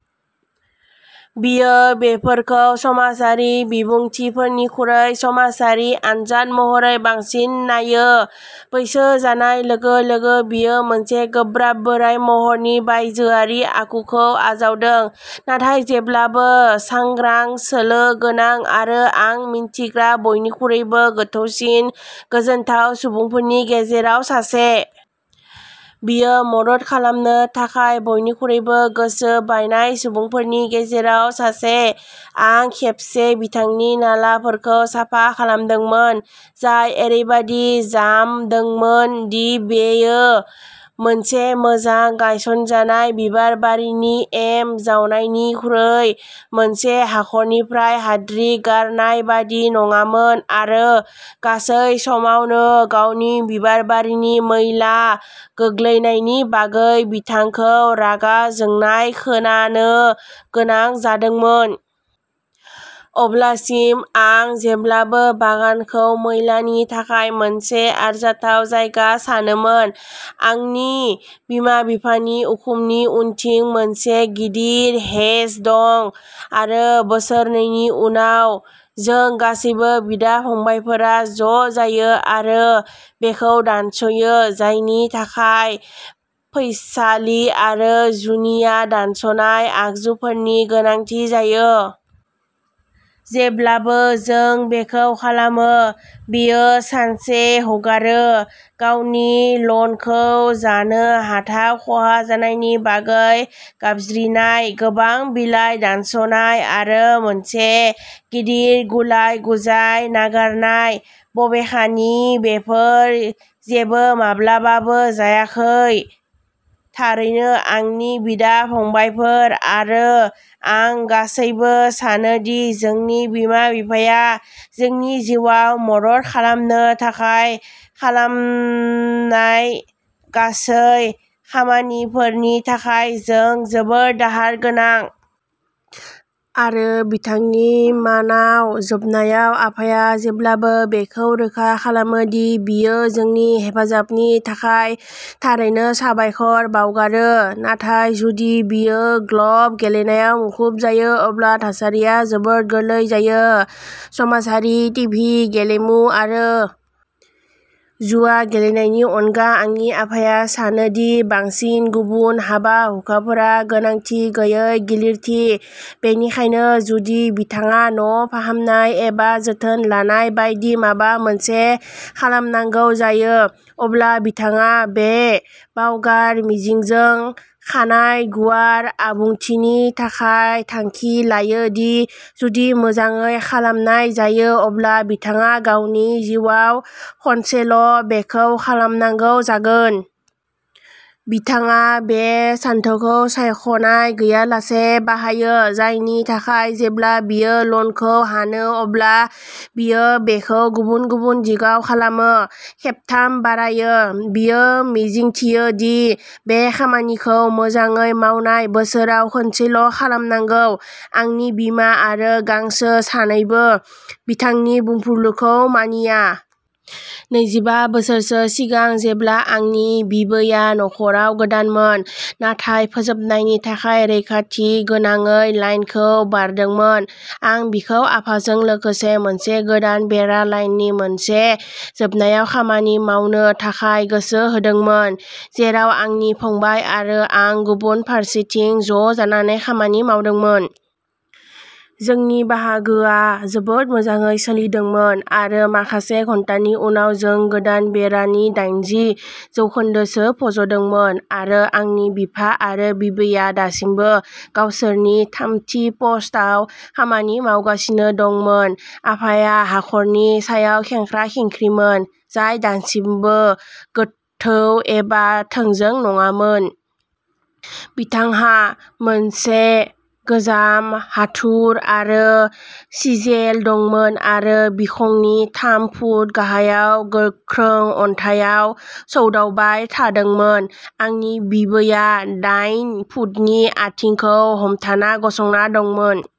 बियो बेफोरखौ समाजारि बिबुंथिफोरनिख्रुइ समाजारि आनजाद महरै बांसिन नायो। बैसो जानाय लोगो-लोगो बियो मोनसे गोब्राब बोराय महरनि बायजोआरि आखुखौ आजावदों, नाथाय जेब्लाबो सांग्रां, सोलो गोनां, आरो आं मिन्थिग्रा बयनिख्रुइबो गोथौसिन गोजोनथाव सुबुंफोरनि गेजेराव सासे। बियो मदद खालामनो थाखाय बयनिख्रुइबो गोसो बायनाय सुबुंफोरनि गेजेराव सासे। आं खेबसे बिथांनि नालाफोरखौ साफा खालामदोंमोन, जाय ओरैबायदि जामदोंमोन दि बेयो मोनसे मोजां गायसनजानाय बिबारबारिनि एम जावनायनिख्रुइ मोनसे हाखरनिफ्राय हाद्रि गारनाय बायदि नङामोन आरो गासै समावनो गावनि बिबारबारिनि मैला गोग्लैनायनि बागै बिथांखौ रागा जोंनाय खोनानो गोनां जादोंमोन। अब्लासिम आं जेब्लाबो बागानखौ मैलानि थाखाय मोनसे आरजाथाव जायगा सानोमोन। आंनि बिमा-बिफानि उखुमनि उनथिं मोनसे गिदिर हेज दं आरो बोसोरनैनि उनाव जों गासैबो बिदा-फंबायफोरा ज' जायो आरो बेखौ दानस'यो, जायनि थाखाय फैसालि आरो जुनिया दानस'नाय आगजुफोरनि गोनांथि जायो। जेब्लानो जों बेखौ खालामो, बियो सानसे हगारो। गावनि लनखौ जानो हाथाव खहा जानायनि बागै गाबज्रिनाय, गोबां बिलाइ दानस'नाय आरो मोनसे गिदिर गुलाय-गुजाय नागारनाय, बबेखानि बेफोर जेबो माब्लाबाबो जायाखै। थारैनो, आंनि बिदा-फंबायफोर आरो आं गासैबो सानो दि जोंनि बिमा-बिफाया जोंनि जिउआव मदद खालामनो थाखाय खालामनाय गासै खामानिफोरनि थाखाय जों जोबोद दाहार गोनां। आरो बिथांनि मानाव जोबनायाव आफाया जेब्लाबो बेखौ रोखा खालामो दि बियो जोंनि हेफाजाबनि थाखाय थारैनो साबायखर बावगारो। नाथाय जुदि बियो गल्फ गेलेनायाव मुखुब जायो अब्ला थासारिया जोबोद गोरलै जायो। समाजारि, टिभि, गेलेमु आरो जुवा गेलेनायनि अनगा आंनि आफाया सानो दि बांसिन गुबुन हाबा-हुखाफोरा गोनांथि गैयै गिलिरथि, बेनिखायनो जुदि बिथाङा न' फाहामनाय एबा जोथोन लानाय बायदि माबा मोनसे खालामनांगौ जायो, अब्ला बिथाङा बे बावगार मिजिंजों खानाइ-गुवार आबुंथिनि थाखाय थांखि लायो दि जुदि मोजाङै खालामनाय जायो अब्ला बिथाङा गावनि जिउआव खनसेल' बेखौ खालामनांगौ जागोन। बिथाङा बे सानथौखौ सानस'नाय गैयालासे बाहायो, जायनि थाखाय जेब्ला बियो लनखौ हानो अब्ला बियो बेखौ गुबुन गुबुन दिगाव खालामो, खेबथाम बारायो। बियो मिजिंथियो दि बे खामानिखौ, मोजाङै मावनाय, बोसोराव खनसेल' खालामनांगौ। आंनि बिमा आरो गांसो सानैबो बिथांनि बुंफुरलुखौ मानिया। नैजिबा बोसोरसो सिगां जेब्ला आंनि बिबैया न'खराव गोदानमोन, नाथाय फोजोबनायनि थाखाय रैखाथि गोनाङै लाइनखौ बारदोंमोन, आं बिखौ आफाजों लोगोसे मोनसे गोदान बेरा-लाइननि मोनसे जोबनायाव खामानि मावनो थाखाय गोसो होदोंमोन, जेराव आंनि फंबाय आरो आं गुबुन फारसेथिं ज'जानानै खामानि मावदोंमोन। जोंनि बाहागोआ जोबोद मोजाङै सोलिदोंमोन आरो माखासे घन्टानि उनाव जों गोदान बेरा नि दाइनजि जौखोन्दोसो फज'दोंमोन आरो आंनि बिफा आरो बिबैया दासिमबो गावसोरनि थामथि पस्टआव खामानि मावगासिनो दंमोन। आफाया हाखरनि सायाव खेंख्रा-खेंख्रिमोन, जाय दासिमबो गोथौ एबा थोंजों नङामोन। बिथांहा मोनसे गोजाम हाथुर आरो सिजेल दंमोन आरो बिखंनि थाम फुट गाहायाव गोख्रों अन्थाइआव सौदावबाय थादोंमोन। आंनि बिबैया डाइन फुटनि आथिंखौ हमथाना गसंना दंमोन।